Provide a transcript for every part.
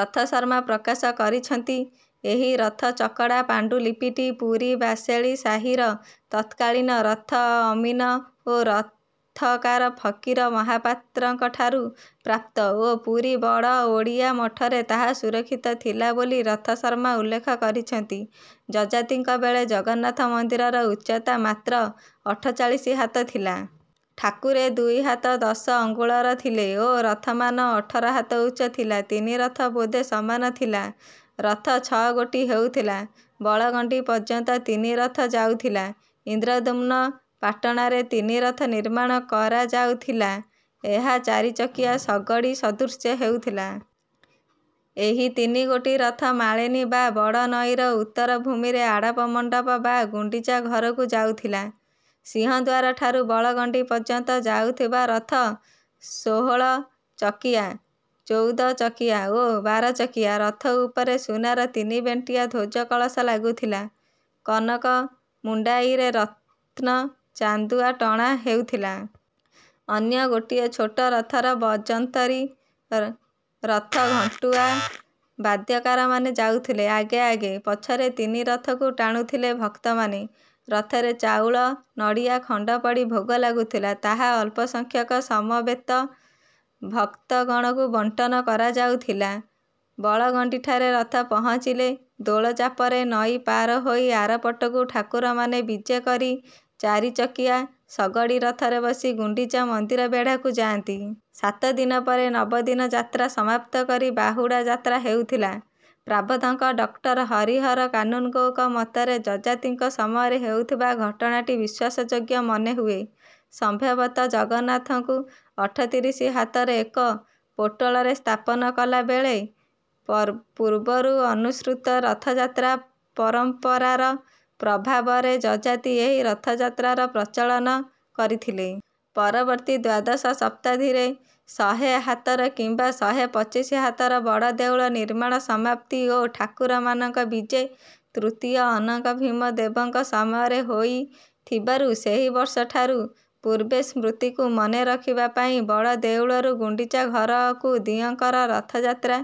ରଥଶର୍ମା ପ୍ରକାଶ କରିଛନ୍ତି। ଏହି ରଥଚକଡ଼ା ପାଣ୍ଡୁଲିପିଟି ପୁରୀ ବାସେଳି ସାହିର ତତ୍କାଳୀନ ରଥ ଅମୀନ ଓ ରଥକାର ଫକୀର ମହାପାତ୍ରଙ୍କଠାରୁ ପ୍ରାପ୍ତ ଓ ପୁରୀ ବଡ଼ ଓଡ଼ିଆ ମଠରେ ତାହା ସୁରକ୍ଷିତ ଥିଲା ବୋଲି ରଥଶର୍ମା ଉଲ୍ଲେଖ କରିଛନ୍ତି। ଯଯାତିଙ୍କ ବେଳେ ଜଗନ୍ନାଥ ମନ୍ଦିରର ଉଚ୍ଚତା ମାତ୍ର ଅଠଚାଳିଶି ହାତ ଥିଲା। ଠାକୁରେ ଦୁଇ ହାତ ଦଶ ଆଙ୍ଗୁଳର ଥିଲେ ଓ ରଥମାନ ଅଠର ହାତ ଉଚ୍ଚ ଥିଲା। ତିନି ରଥ ବୋଧେ ସମାନ ଥିଲା। ରଥ ଛଅଗୋଟି ହେଉଥିଲା। ବଳଗଣ୍ଡି ପର୍ଯ୍ୟନ୍ତ ତିନି ରଥ ଯାଉଥିଲା। ଇନ୍ଦ୍ରଦ୍ୟୁମ୍ନ ପାଟଣାରେ ତିନି ରଥ ନିର୍ମାଣ କରାଯାଉଥିଲା। ଏହା ଚାରିଚକିଆ ଶଗଡ଼ି ସଦୃଶ ହେଉଥିଲା। ଏହି ତିନିଗୋଟି ରଥ ମାଳିନୀ ବା ବଡ଼ନଈର ଉତ୍ତର ଭୂମିରେ ଆଡ଼ପ ମଣ୍ଡପ ବା ଗୁଣ୍ଡିଚା ଘରକୁ ଯାଉଥିଲା। ସିଂହଦ୍ୱାରଠାରୁ ବଳଗଣ୍ଡି ପର୍ଯ୍ୟନ୍ତ ଯାଉଥିବା ରଥ ଷୋହଳଚକିଆ, ଚଉଦଚକିଆ ଓ ବାରଚକିଆ। ରଥ ଉପରେ ସୁନାର ତିନିବେଣ୍ଟିଆ ଧ୍ୱଜ କଳସ ଲାଗୁଥିଲା। କନକ ମୁଣ୍ଡାଇରେ ରତ୍ନ ଚାନ୍ଦୁଆ ଟଣା ହେଉଥିଲା। ଅନ୍ୟ ଗୋଟିଏ ଛୋଟ ରଥରେ ବଜନ୍ତରି, ରଥ ଘଣ୍ଟୁଆ, ବାଦ୍ୟକାରମାନେ ଯାଉଥିଲେ ଆଗେ ଆଗେ। ପଛରେ ତିନି ରଥକୁ ଟାଣୁଥିଲେ ଭକ୍ତମାନେ। ରଥରେ ଚାଉଳ, ନଡ଼ିଆ ଖଣ୍ଡ ପଡ଼ି ଭୋଗ ଲାଗୁଥିଲା। ତାହା ଅଳ୍ପ ସଂଖ୍ୟକ ସମବେତ ଭକ୍ତଗଣଙ୍କୁ ବଣ୍ଟନ କରାଯାଉଥିଲା। ବଳଗଣ୍ଡିଠାରେ ରଥ ପହଞ୍ଚିଲେ ଦୋଳଚାପରେ ନଈ ପାରି ହୋଇ ଆରପଟକୁ ଠାକୁରମାନେ ବିଜେ କରି ଚାରିଚକିଆ ଶଗଡ଼ି ରଥରେ ବସି ଗୁଣ୍ଡିଚା ମନ୍ଦିର ବେଢ଼ାକୁ ଯାଆନ୍ତି। ସାତ ଦିନ ପରେ ନବଦିନ ଯାତ୍ରା ସମାପ୍ତ କରି ବାହୁଡ଼ା ଯାତ୍ରା ହେଉଥିଲା ପ୍ରାବନ୍ଧକ ଡକ୍ଟର ହରିହର କାନୁନ୍‌ଗୋଙ୍କ ମତରେ ଯଯାତିଙ୍କ ସମୟରେ ହୋଇଥିବା ଘଟଣାଟି ବିଶ୍ୱାସଯୋଗ୍ୟ ମନେହୁଏ। ସମ୍ଭବତଃ ଜଗନ୍ନାଥଙ୍କୁ ଅଠତିରିଶି ହାତର ଏକ ପଟୋଳରେ ସ୍ଥାପନା କଲା ବେଳେ ପ୍ର ପୂର୍ବରୁ ଅନୁସୃତ ରଥଯାତ୍ରା ପରମ୍ପରାର ପ୍ରଭାବରେ ଯଯାତି ଏହି ରଥଯାତ୍ରାର ପ୍ରଚଳନ କରିଥିଲେ। ପରବର୍ତ୍ତୀ ଦ୍ୱାଦଶ ଶତାବ୍ଦୀରେ ଶହେ ହାତର କିମ୍ବା ଶହେ ପଚିଶି ହାତର ବଡ଼ଦେଉଳ ନିର୍ମାଣ ସମାପ୍ତି ଓ ଠାକୁରମାନଙ୍କ ବିଜେ ତୃତୀୟ ଅନଙ୍ଗଭୀମ ଦେବଙ୍କ ସମୟ ହୋଇଥିବାରୁ ସେହି ବର୍ଷଠାରୁ ପୂର୍ବ ସ୍ମୃତିକୁ ମନେ ରଖିବା ପାଇଁ ବଡ଼ଦେଉଳରୁ ଗୁଣ୍ଡିଚା ଘରକୁ ଦିଅଁଙ୍କର ରଥଯାତ୍ରା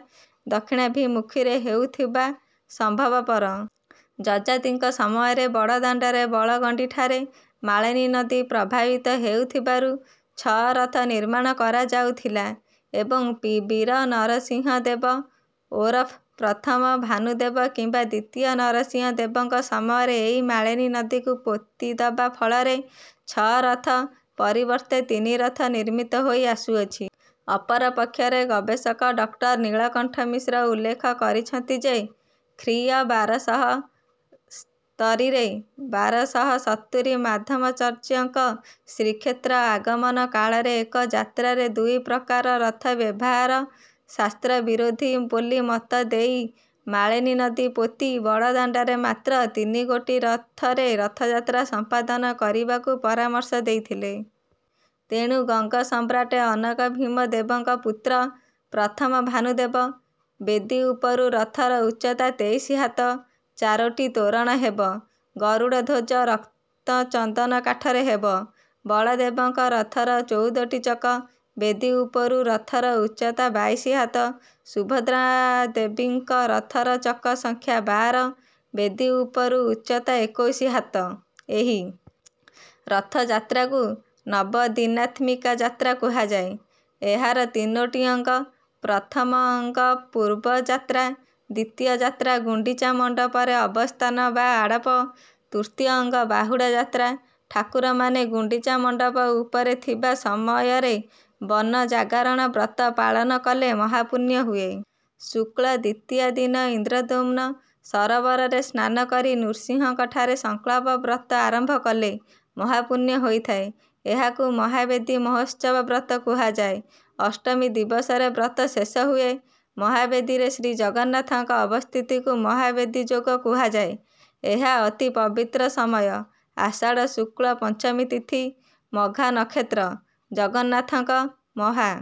ଦକ୍ଷିଣାଭିମୁଖୀରେ ହୋଇଥିବା ସମ୍ଭବପର। ଯଯାତିଙ୍କ ସମୟରେ ବଡ଼ଦାଣ୍ଡର ବଳଗଣ୍ଡିଠାରେ ମାଳିନୀ ନଦୀ ପ୍ରବାହିତ ହେଉଥିବାରୁ ଛଅ ରଥ ନିର୍ମାଣ କରାଯାଉଥିଲା ଏବଂ ବୀର ନରସିଂହ ଦେବ ଓରଫ ପ୍ରଥମ ଭାନୁଦେବ କିମ୍ବା ଦ୍ୱିତୀୟ ନରସିଂହ ଦେବଙ୍କ ସମୟରେ ଏହି ମାଳିନୀ ନଦୀକୁ ପୋତି ଦେବା ଫଳରେ ଛଅ ରଥ ପରିବର୍ତ୍ତେ ତିନି ରଥ ନିର୍ମିତ ହୋଇ ଆସୁଅଛି। ଅପରପକ୍ଷରେ ଗବେଷକ ଡଃ ନୀଳକଣ୍ଠ ମିଶ୍ର ଉଲ୍ଲେଖ କରିଛନ୍ତି ଯେ, ଖ୍ରୀ.ଅ. ବାରଶହ ସ୍ତରୀରେ ବାରଶହସତୁରି ମାଧବାଚାର୍ଯ୍ୟଙ୍କ ଶ୍ରୀକ୍ଷେତ୍ର ଆଗମନ କାଳରେ ଏକ ଯାତ୍ରାରେ ଦୁଇ ପ୍ରକାର ରଥ ବ୍ୟବହାର ଶାସ୍ତ୍ର-ବିରୋଧୀ ବୋଲି ମତ ଦେଇ ମାଳିନୀ ନଦୀ ପୋତି ବଡ଼ଦାଣ୍ଡରେ ମାତ୍ର ତିନିଗୋଟି ରଥରେ ରଥଯାତ୍ରା ସମ୍ପାଦନ କରିବାକୁ ପରାମର୍ଶ ଦେଇଥିଲେ। ତେଣୁ ଗଙ୍ଗ ସମ୍ରାଟ ଅନଙ୍ଗ ଭୀମ ଦେବଙ୍କ ପୁତ୍ର ପ୍ରଥମ ଭାନୁଦେବ, ବେଦୀ ଉପରୁ ରଥର ଉଚ୍ଚତା ତେଇଶି ହାତ, ଚାରୋଟି ତୋରଣ ହେବ। ଗରୁଡ଼ଧ୍ୱଜ ରକ୍ତଚନ୍ଦନ କାଠରେ ହେବ। ବଳଦେବଙ୍କ ରଥର ଚଉଦଟି ଚକ, ବେଦୀ ଉପରୁ ରଥର ଉଚ୍ଚତା ବାଇଶି ହାତ। ସୁଭଦ୍ରା ଦେବୀଙ୍କ ରଥର ଚକ ସଂଖ୍ୟା ବାର, ବେଦୀ ଉପରୁ ଉଚ୍ଚତା ଏକୋଇଶି ହାତ। ଏହି ରଥଯାତ୍ରାକୁ ନବଦିନାତ୍ମିକା ଯାତ୍ରା କୁହାଯାଏ। ଏହାର ତିନୋଟି ଅଙ୍ଗ: ପ୍ରଥମ ଅଙ୍ଗ ପୂର୍ବ ଯାତ୍ରା, ଦ୍ୱିତୀୟ ଯାତ୍ରା ଗୁଣ୍ଡିଚା ମଣ୍ଡପରେ ଅବସ୍ଥାନ ବା ଆଡ଼ପ, ତୃତୀୟ ଅଙ୍ଗ ବାହୁଡ଼ା ଯାତ୍ରା। ଠାକୁରମାନେ ଗୁଣ୍ଡିଚା ମଣ୍ଡପ ଉପରେ ଥିବା ସମୟରେ ବନ ଜାଗରଣ ବ୍ରତ ପାଳନ କଲେ ମହାପୁଣ୍ୟ ହୁଏ। ଶୁକ୍ଳ ଦ୍ୱିତୀୟା ଦିନ ଇନ୍ଦ୍ରଦ୍ୟୁମ୍ନ ସରୋବରରେ ସ୍ନାନ କରି ନୃସିଂହଙ୍କଠାରେ ସଂକଳ୍ପ ବ୍ରତ ଆରମ୍ଭ କଲେ ମହାପୁଣ୍ୟ ହୋଇଥାଏ। ଏହାକୁ ମହାବେଦୀ ମହୋତ୍ସବ ବ୍ରତ କୁହାଯାଏ। ଅଷ୍ଟମ ଦିବସରେ ବ୍ରତ ଶେଷ ହୁଏ। ମହାବେଦୀରେ ଶ୍ରୀଜଗନ୍ନାଥଙ୍କ ଅବସ୍ଥିତିକୁ ମହାବେଦୀ ଯୋଗ କୁହାଯାଏ। ଏହା ଅତି ପବିତ୍ର ସମୟ। ଆଷାଢ଼ ଶୁକ୍ଳ ପଞ୍ଚମୀ ତିଥି, ମଘା ନକ୍ଷତ୍ର, ଜଗନ୍ନାଥଙ୍କ ମହା...